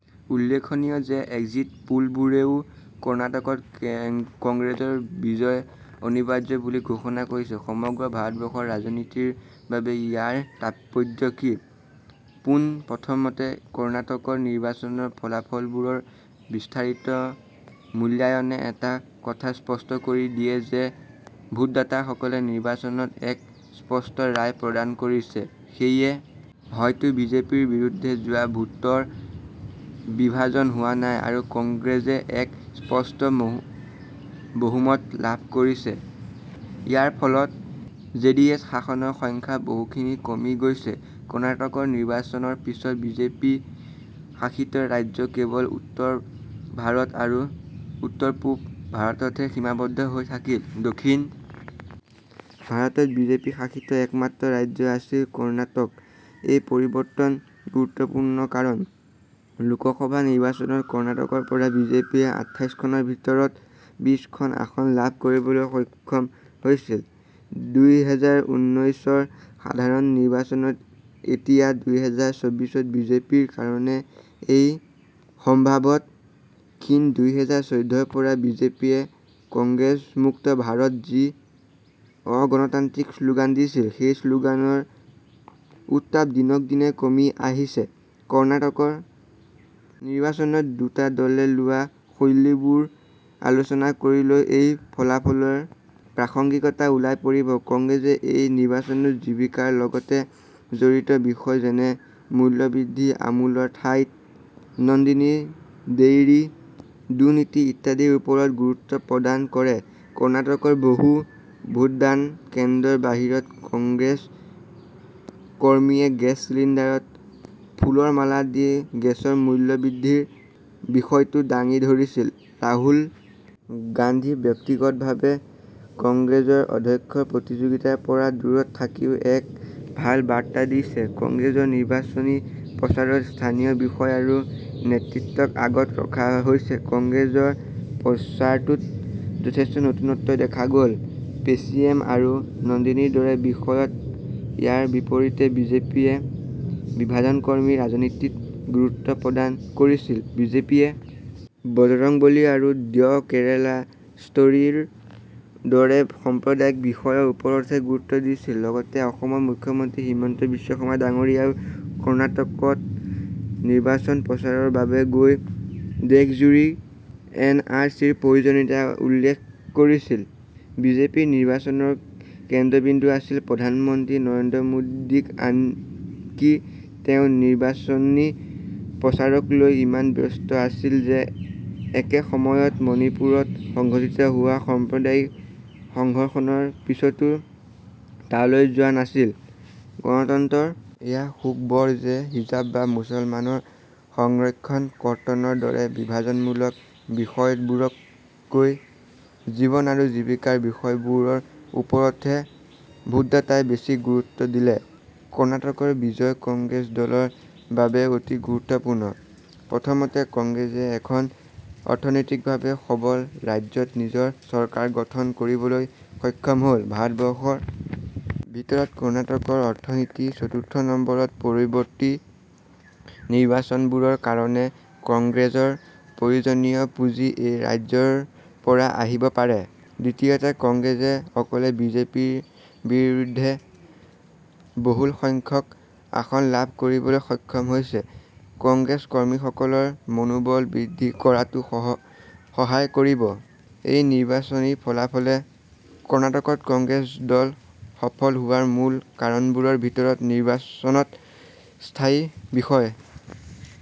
উল্লেখনীয় যে এক্সিট পোলবোৰেও কৰ্ণাটকত কংগ্ৰেছৰ বিজয় অনিবাৰ্য বুলি ঘোষণা কৰিছিল ।সমগ্ৰ ভাৰতবৰ্ষৰ ৰাজনীতিৰ বাবে ইয়াৰ তাৎপৰ্য কি? পোন প্ৰথমতে কৰ্ণাটকৰ নিৰ্বাচনৰ ফলাফলবোৰৰ বিস্তাৰিত মূল্যায়ণে এটা কথা স্পষ্ট কৰি দিয়ে যে ভোটদাতাসকলে নিৰ্বাচনত এক স্পষ্ট ৰায় প্ৰদান কৰিছে। সেয়ে হয়তো বিজেপিৰ বিৰুদ্ধে যোৱা ভোটৰ বিভাজন হোৱা নাই আৰু কংগ্ৰেছে এক স্পষ্ট বহুমত লাভ কৰিছে। ইয়াৰ ফলত জেডি এছ আসনৰ সংখ্যা বহুখিনি কমি গৈছে। কৰ্ণাটকৰ নিৰ্বাচনৰ পিছত বিজেপি শাসিত ৰাজ্য কেৱল উত্তৰ-ভাৰত আৰু উত্তৰ-পূব ভাৰততে সীমাবদ্ধ হৈ থাকিল। দক্ষিণ ভাৰতত বিজেপি শাসিত একমাত্ৰ ৰাজ্য আছিল। কৰ্ণাটকএই পৰিবৰ্তন গুৰুত্বপূৰ্ণ কাৰণ লোকসভা নিৰ্বাচনত কৰ্ণাটকৰ পৰা বিজেপিয়ে আঠাইছ খনৰ ভিতৰত বিশ খন আসন লাভ কৰিবলৈ সক্ষম হৈছিল। দুই হাজাৰ ঊনৈছৰ সাধাৰণ নিৰ্বাচনত এতিয়া দুই হাজাৰ চৌবিশত বিজেপিৰ কাৰণে এই সম্ভাৱত ক্ষীণ দুই হাজাৰ চৈধ্যৰ পৰা বিজেপিয়ে কংগ্ৰেছ মুক্ত ভাৰত যি অগণতান্ত্ৰিক শ্লগান দিছিল, সেই শ্লগানৰ উত্তাপ দিনক দিনে কমি আহিছে। কৰ্ণাটকৰ নিৰ্বাচনত দুটা দলে লোৱা শৈলীবোৰ আলোচনা কৰিলেও এই ফলাফলৰ প্ৰাসংগিকতা ওলাই পৰিব। কংগ্ৰেছে এই নিৰ্বাচনত জীৱিকাৰ লগতে জড়িত বিষয় যেনে মূল্যবৃদ্ধি আমুলৰ ঠাইত নন্দিনী ডেইৰী দুৰ্নীতি ইত্যাদিৰ ওপৰত গুৰুত্ব প্ৰদান কৰে। কৰ্ণাটকৰ বহু ভোটদান কেন্দ্ৰৰ বাহিৰত কংগ্ৰেছ কৰ্মীয়ে গেছ চিলিণ্ডাৰত ফুলৰ মালা দি গেছৰ মূল্যবৃদ্ধিৰ বিষয়টোক দাঙি ধৰিছিল। ৰাহুল গান্ধী ব্যক্তিগতভাৱে কংগ্ৰেছৰ অধ্যক্ষৰ প্ৰতিযোগিতাৰ পৰা দূৰত থাকিও এক ভাল বাৰ্তা দিছে। কংগ্ৰেছৰ নিৰ্বাচনী প্ৰচাৰত স্থানীয় বিষয় আৰু নেতৃত্বক আগত ৰখা হৈছিল। কংগ্ৰেছৰ প্ৰচাৰতো যথেষ্ট নতুনত্ব দেখা গল পেচিএম আৰু নন্দিনীৰ দৰে বিষয়ত ইয়াৰ বিপৰীতে বিজেপিয়ে বিভাজনকৰ্মী ৰাজনীতিত গুৰুত্ব প্ৰদান কৰিছিল। বিজেপিয়ে বজৰঙ্গবলী আৰু "দ্য কেৰেলা ষ্টৰী"ৰ দৰে সম্প্ৰদায়িক বিষয়ৰ ওপৰতহে গুৰুত্ব দিছিল। লগতে অসমৰ মুখ্যমন্ত্ৰী হিমন্ত বিশ্ব শৰ্মা ডাঙৰীয়াও কৰ্ণাটকত নিৰ্বাচন প্ৰচাৰৰ বাবে গৈ দেশজুৰী এন আৰ চিৰ প্ৰয়োজনীয়তা উল্লেখ কৰিছিল। বিজেপিৰ নিৰ্বাচনৰ কেন্দ্ৰবিন্দু আছিল প্ৰধানমন্ত্ৰী নৰেন্দ্ৰ মোদীআনকি তেওঁ নিৰ্বাচনী প্ৰচাৰকলৈ ইমান ব্যস্ত আছিল যে একে সময়ত মণিপুৰত সংঘটিত হোৱা সাম্প্ৰদায়িক সংঘৰ্ষৰ পিছতো তালৈ যোৱা নাছিল। গণতন্ত্ৰৰ এয়া সুখবৰ যে হিজাব বা মুছলমানৰ সংৰক্ষণ কৰ্তনৰ দৰে বিভাজনমূলক বিষয়বোৰতকৈ জীৱন আৰু জীৱিকাৰ বিষয়বোৰৰ ওপৰতহে ভোটদাতাই বেছি গুৰুত্ব দিলে। কৰ্ণাটকৰ বিজয় কংগ্ৰেছ দলৰ বাবেও অতি গুৰুত্বপূৰ্ণ। প্ৰথমতে কংগ্ৰেছে এখন অৰ্থনৈতিকভাৱে সবল ৰাজ্যত নিজৰ চৰকাৰ গঠন কৰিবলৈ সক্ষম হল। ভাৰতবৰ্ষৰ ভিতৰত কৰ্ণাটকৰ অৰ্থনীতি চতুৰ্থ নম্বৰত পৰিবৰ্তী নিৰ্বাচনবোৰৰ কাৰণে কংগ্ৰেছৰ প্ৰয়োজনীয় পুঁজি এই ৰাজ্যৰ পৰা আহিব পাৰে। দ্বিতীয়তে কংগ্ৰেছে অকলে বিজেপিৰ বিৰুদ্ধে বহুলসংখ্যক আসন লাভ কৰিবলৈ সক্ষম হৈছে। কংগ্ৰেছ কৰ্মীসকলৰ মনোবল বৃদ্ধি কৰাতো সহায় কৰিব। এই নিৰ্বাচনী ফলাফলে কৰ্ণাটকত কংগ্ৰেছ দল সফল হোৱাৰ মূল কাৰণবোৰৰ ভিতৰত নিৰ্বাচনত স্থায়ী বিষয়।